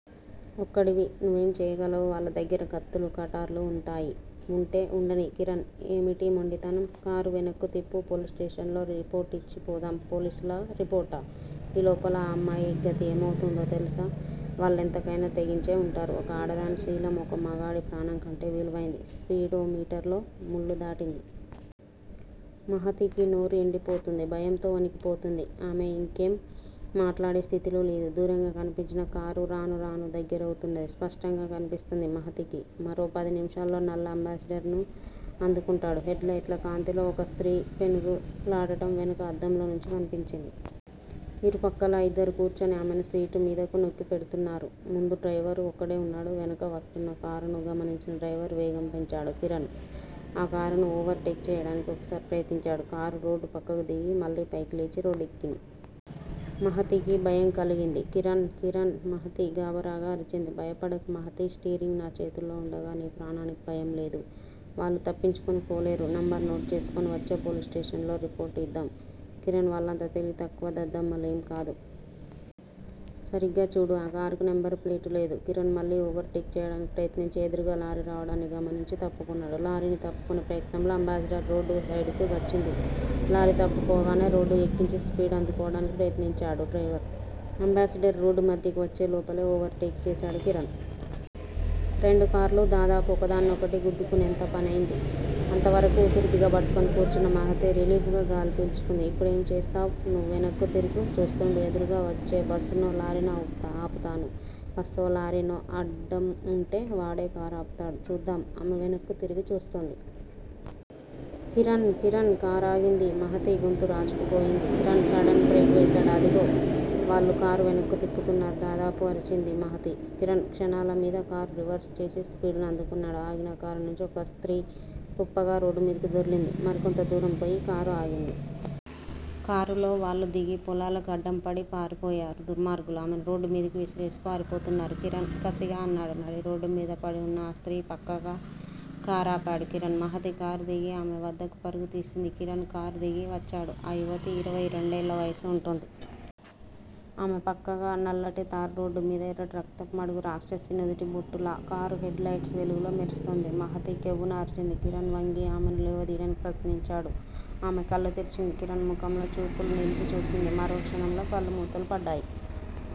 ఒక్కడివి, నువ్వేం చెయ్యగలవు. వాళ్ళ దగ్గర కత్తులు, కటార్లు వుంటాయి వుంటే వుండనియ్ కిరణ్, ఏమిటీ మొండితనం? కారు వెనక్కు తిప్పు. పోలీసు స్టేషన్ లో రిపోర్టు ఇచ్చి పోదాం పోలీసులా? రిపోర్టా? ఈలోపల ఆ అమ్మాయి గతి ఏమౌతుందో తెలుసా? వాళ్ళెంత కయినా తెగించే వుంటారు ఒక ఆడదాని శీలం ఒక మగాడి ప్రాణం కంటే విలువైంది స్పీడో మీటర్ లో ముల్లు దాటింది. మహతికి నోరు ఎండిపోతోంది. భయంతో వణికిపోతోంది. ఆమె ఇంకేమీ మాట్లాడే స్థితిలో లేదు. దూరంగా కన్పించిన కారు రానురాను దగ్గరౌతున్నది. స్పష్టంగా కన్పిస్తుంది మహతికి. మరో పది నిముషాల్లో నల్ల అంబాసిడర్ ను అందుకుంటిడు. హెడ్ లైట్ల కాంతిలో ఒక స్త్రీ పెనుగు లాడటం వెనక అద్దంలో నుంచి కన్పించింది. ఇరుపక్కలా ఇద్దరు కూర్చొని ఆమెను సీటు మీదకు నొక్కిపెడుతున్నారు. ముందు డ్రైవర్ ఒక్కడే వున్నాడు. వెనక వస్తున్న కారును గమనించిన డ్రైవర్ వేగం పెంచాడు. కిరణ్ ఆ కారును ఓవర్ టేక్ చెయ్యడానికి ఒకసారి ప్రయత్నించాడు. కారు రోడ్డు పక్కకు దిగి, మళ్ళీ పైకి లేచి రోడ్డెక్కింది. మహతికి భయం కలిగింది. కిరణ్! కిరణ్! మహతి గాభరాగా అరిచింది. భయపడకు మహతీ! స్టీరింగ్ నా చేతుల్లో వుండగా నీ ప్రాణానికి భయంలేదు. వాళ్ళు తప్పించుకునిపోలేరు నంబరు నోట్ చేసుకుని వచ్చే పోలీస్ స్టేషన్ లో రిపోర్టు ఇద్దాం కిరణ్ వాళ్ళంత తెలివితక్కువ దద్దమ్మ లేం కాదు. సరిగ్గా చూడు. ఆకారుకు నంబరు ప్లేటు లేదు. కిరణ్ మళ్ళీ ఓవర్ టేక్ చెయ్యడానికి ప్రయత్నించి, ఎదురుగా లారీ రావడాన్ని గమనించి తప్పుకున్నాడు. లారీని తప్పుకునే ప్రయత్నంలో అంబాసిడర్ రోడ్డు సైడుకు వచ్చింది. లారీ తప్పుకోగానే రోడ్డు ఎక్కించి స్పీడు అందుకోవడానికి ప్రయత్నించాడు డ్రైవర్. అంబాసిడర్ రోడ్డు మధ్యకు వచ్చే లోపలే ఓవర్ టేక్ చేశాడు కిరణ్. రెండు కార్లూ దాదాపు ఒకదాన్నొకటి గుద్దుకెన్నంత పనైంది. అంతవరకూ ఊపిరి బిగబట్టుకొని కూర్చున్న మహతి రిలీఫ్ గా గాలి పీల్చుకుంది. ఇప్పుడేం చేస్తావ్? నువ్వు వెనక్కు తిరిగి చూస్తుండు. ఎదురుగా వచ్చేబస్సునో, లారీనో ఆపుతాను. బస్సో, లారీనో అడ్డంవుంటే వాడే కారు ఆపుతాడు చూద్దాం ఆమె వెనక్కు తిరిగిచూస్తోంది. కిరణ్! కిరణ్! కారాగింది మహతి గొంతురాచుకు పోయింది. కిరణ్ సడన్ బ్రేకువేశాడు. అదుగో వాళ్ళు కారువెనక్కు తిప్పుతున్నారు దాదాపు అరిచింది మహతి. కిరణ్ క్షణాల మీధకారు రివర్స్ చేసి స్పీడు నందుకున్నాడు. ఆగిన కారు నుంచి ఒక స్త్రీ కుప్పగా రోడ్డుమీదకు దొర్లింది. మరికొంత దూరం పోయి కారు ఆగింది. కారులో వాళ్ళుదిగి పొలాలకు అడ్డంపడి పారిపోయారు. దుర్మార్గులు ఆమెనురోడ్డుమీదకు విసిరేసి పారిపోతున్నారు కిరణ్ కసిగా అన్నాడు. నడిరోడ్డు మీద పడివున్న ఆ స్త్రీ పక్కగా కారాపాడు కిరణ్. మహతి కారుదిగి ఆమె వద్దకు పరుగు తీసింది. కిరణ్ కారు దిగి వచ్చాడు. ఆ యువతి ఇరవై రెండేళ్ళ వయసు వుంటుంది. ఆమె పక్కగా నల్లటితారురోడ్డు మీద ఎర్రటిరక్తపు మడుగు రాక్షసి నుదుటిబొట్టులా కారు హెడ్ లైట్సు వెలుగులో మెరుస్తుంది. మహతి కెవ్వున అరిచింది. కిరణ్ వంగి ఆమెను లేవదీయడానికి ప్రయత్నించాడు. ఆమె కళ్ళు తెరిచింది. కిరణ్ ముఖంలో చూపులు నిలిపి చూసింది. మరోక్షణంలో కళ్ళు మూతలు పడ్డాయి.